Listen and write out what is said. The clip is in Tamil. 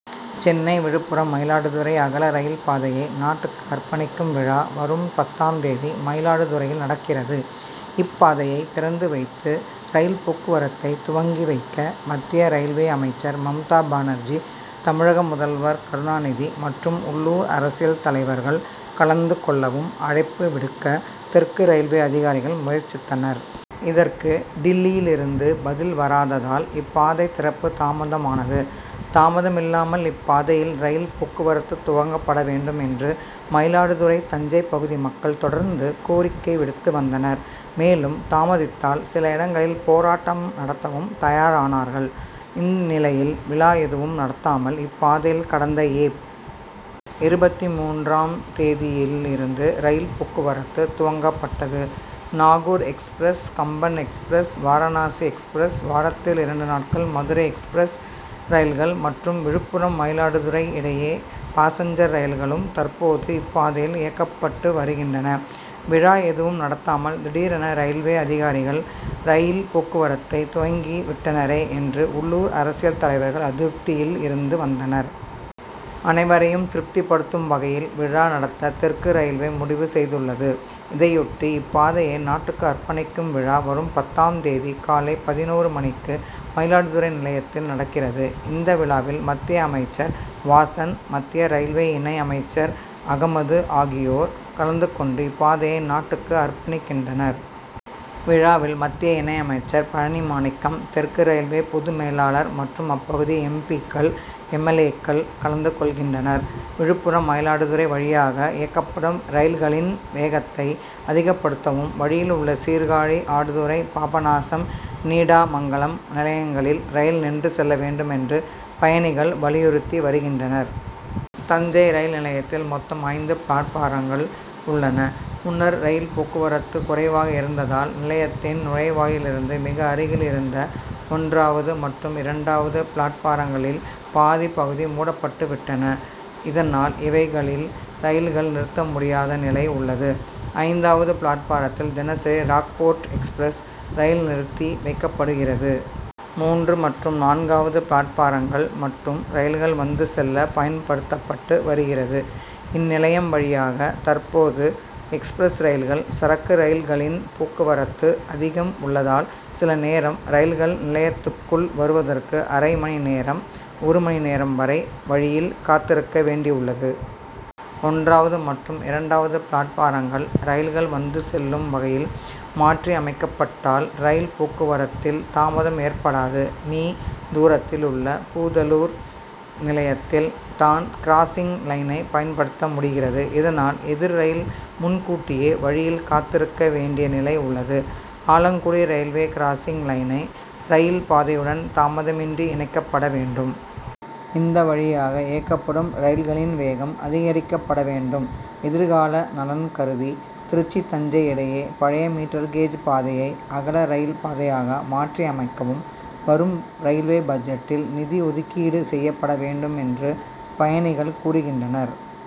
சென்னை விழுப்புரம் மயிலாடுதுறை அகல ரயில் பாதையை நாட்டுக்கு அர்ப்பணிக்கும் விழா வரும் பத்தாம் தேதி மயிலாடுதுறையில் நடக்கிறது. இப்பாதையை திறந்து வைத்து ரயில் போக்குவரத்தை துவங்கி வைக்க மத்திய ரயில்வே அமைச்சர் மம்தா பானர்ஜி தமிழக முதல்வர் கருணாநிதி மற்றும் உள்ளூர் அரசியல் தலைவர்கள் கலந்து கொள்ளவும் அழைப்பு விடுக்க தெற்கு ரயில்வே அதிகாரிகள் முயற்சித்தனர். இதற்கு டில்லியிலிருந்து பதில் வராததால் இப்பாதை திறப்பு தாமதமானது. தாமதமில்லாமல் இப்பாதையில் ரயில் போக்குவரத்து துவங்கப்பட வேண்டும் என்று மயிலாடுதுறை தஞ்சை பகுதி மக்கள் தொடர்ந்து கோரிக்கை விடுத்து வந்தனர். மேலும் தாமதித்தால் சில இடங்களில் போராட்டம் நடத்தவும் தயாரானார்கள். இந்நிலையில் விழா ஏதும் நடத்தாமல் இப்பாதையில் கடந்த ஏப். இருபத்தி மூன்றாம் தேதியிலிருந்து ரயில் போக்குவரத்து துவங்கப்பட்டது. Nagore express Kamban express Varanasi express வாரத்தில் இரண்டு நாட்கள் மதுரை எக்ஸ்பிரஸ் ரயில்கள் மற்றும் விழுப்புரம் மயிலாடுதுறை இடையே பாசஞ்சர் ரயில்களும் தற்போது இப்பாதையில் இயக்கப்பட்டு வருகின்றன. விழா ஏதும் நடத்தாமல் திடீரென ரயில்வே அதிகாரிகள் ரயில் போக்குவரத்தை துவங்கிவிட்டனரே என்று உள்ளூர் அரசியல் தலைவர்கள் அதிருப்தியில் இருந்து வந்தனர். அனைவரையும் திருப்திபடுத்தும் வகையில் விழா நடத்த தெற்கு ரயில்வே முடிவு செய்துள்ளது. இதையொட்டி இப்பாதையை நாட்டுக்கு அர்ப்பணிக்கும் விழா வரும் பத்தாம் தேதி காலை பதினொரு மணிக்கு மயிலாடுதுறை நிலையத்தில் நடக்கிறது. இந்த விழாவில் மத்திய அமைச்சர் வாசன் மத்திய ரயில்வே இணை அமைச்சர் அகமது ஆகியோர் கலந்து கொண்டு இப்பாதையை நாட்டுக்கு அர்ப்பணிக்கின்றனர். விழாவில் மத்திய இணை அமைச்சர் பழனி மாணிக்கம் தெற்கு ரயில்வே பொது மேலாளர் மற்றும் அப்பகுதி எம். பி.க்கள் எம். எல். ஏ.க்கள் கலந்து கொள்கின்றனர். விழுப்புரம் மயிலாடுதுறை வழியாக இயக்கப்படும் ரயில்களின் வேகத்தை அதிகப்படுத்தவும் வழியில் உள்ள சீர்காழி ஆடுதுறை பாபநாசம் நீடாமங்கலம் நிலையங்களில் ரயில் நின்று செல்ல வேண்டும் என்றும் பயணிகள் வலியுறுத்தி வருகின்றனர். தஞ்சை ரயில் நிலையத்தில் மொத்தம் ஐந்து பிளாட்பாரங்கள் உள்ளன. முன்னர் ரயில் போக்குவரத்து குறைவாக இருந்ததால் நிலையத்தின் நுழைவாயிலிருந்து மிக அருகில் இருந்த ஒன்றாவது மற்றும் இரண்டாவது பிளாட்பாரங்களில் பாதிப் பகுதி மூடப்பட்டுவிட்டன. இதனால் இவைகளில் ரயில்கள் நிறுத்த முடியாத நிலை உள்ளது. ஐந்தாவது பிளாட்பாரத்தில் தினசரி ராக்போர்ட் எக்ஸ்பிரஸ் ரயில் நிறுத்தி வைக்கப்படுகிறது. மூன்று மற்றும் நான்காவது பிளாட்பாரங்கள் மட்டும் ரயில்கள் வந்து செல்ல பயன்படுத்தப்பட்டு வருகிறது. இந்நிலையம் வழியாக தற்போது எக்ஸ்பிரஸ் ரயில்கள் சரக்கு ரயில்களின் போக்குவரத்து அதிகம் உள்ளதால் சில நேரம் ரயில்கள் நிலையத்திற்குள் வருவதற்கு அரை மணி நேரம் ஒரு மணி நேரம் வரை வழியில் காத்திருக்க வேண்டியுள்ளது. ஒன்றாவது மற்றும் இரண்டாவது பிளாட்பாரங்கள் ரயில்கள் வந்து செல்லும் வகையில் மாற்றியமைக்கப்பட்டால் ரயில் போக்குவரத்தில் தாமதம் ஏற்படாது. மீ. தூரத்தில் உள்ள பூதலூர் நிலையத்தில் தான் கிராசிங் லைனை பயன்படுத்த முடிகிறது. இதனால் எதிர் ரயில் முன்கூட்டியே வழியில் காத்திருக்க வேண்டிய நிலை உள்ளது. ஆலக்குடி ரயில்வே கிராசிங் லைனை ரயில் பாதையுடன் தாமதமின்றி இணைக்கப்பட வேண்டும். இந்த வழியாக இயக்கப்படும் ரயில்களின் வேகம் அதிகரிக்கப்பட வேண்டும். எதிர்கால நலன் கருதி திருச்சி தஞ்சை இடையே பழைய மீட்டர் கேஜ் பாதையை அகல ரயில் பாதையாக மாற்றியமைக்கவும் வரும் ரயில்வே பட்ஜெட்டில் நிதி ஒதுக்கீடு செய்யப்பட வேண்டும் என்றும் பயணிகள் கூறுகின்றனர்.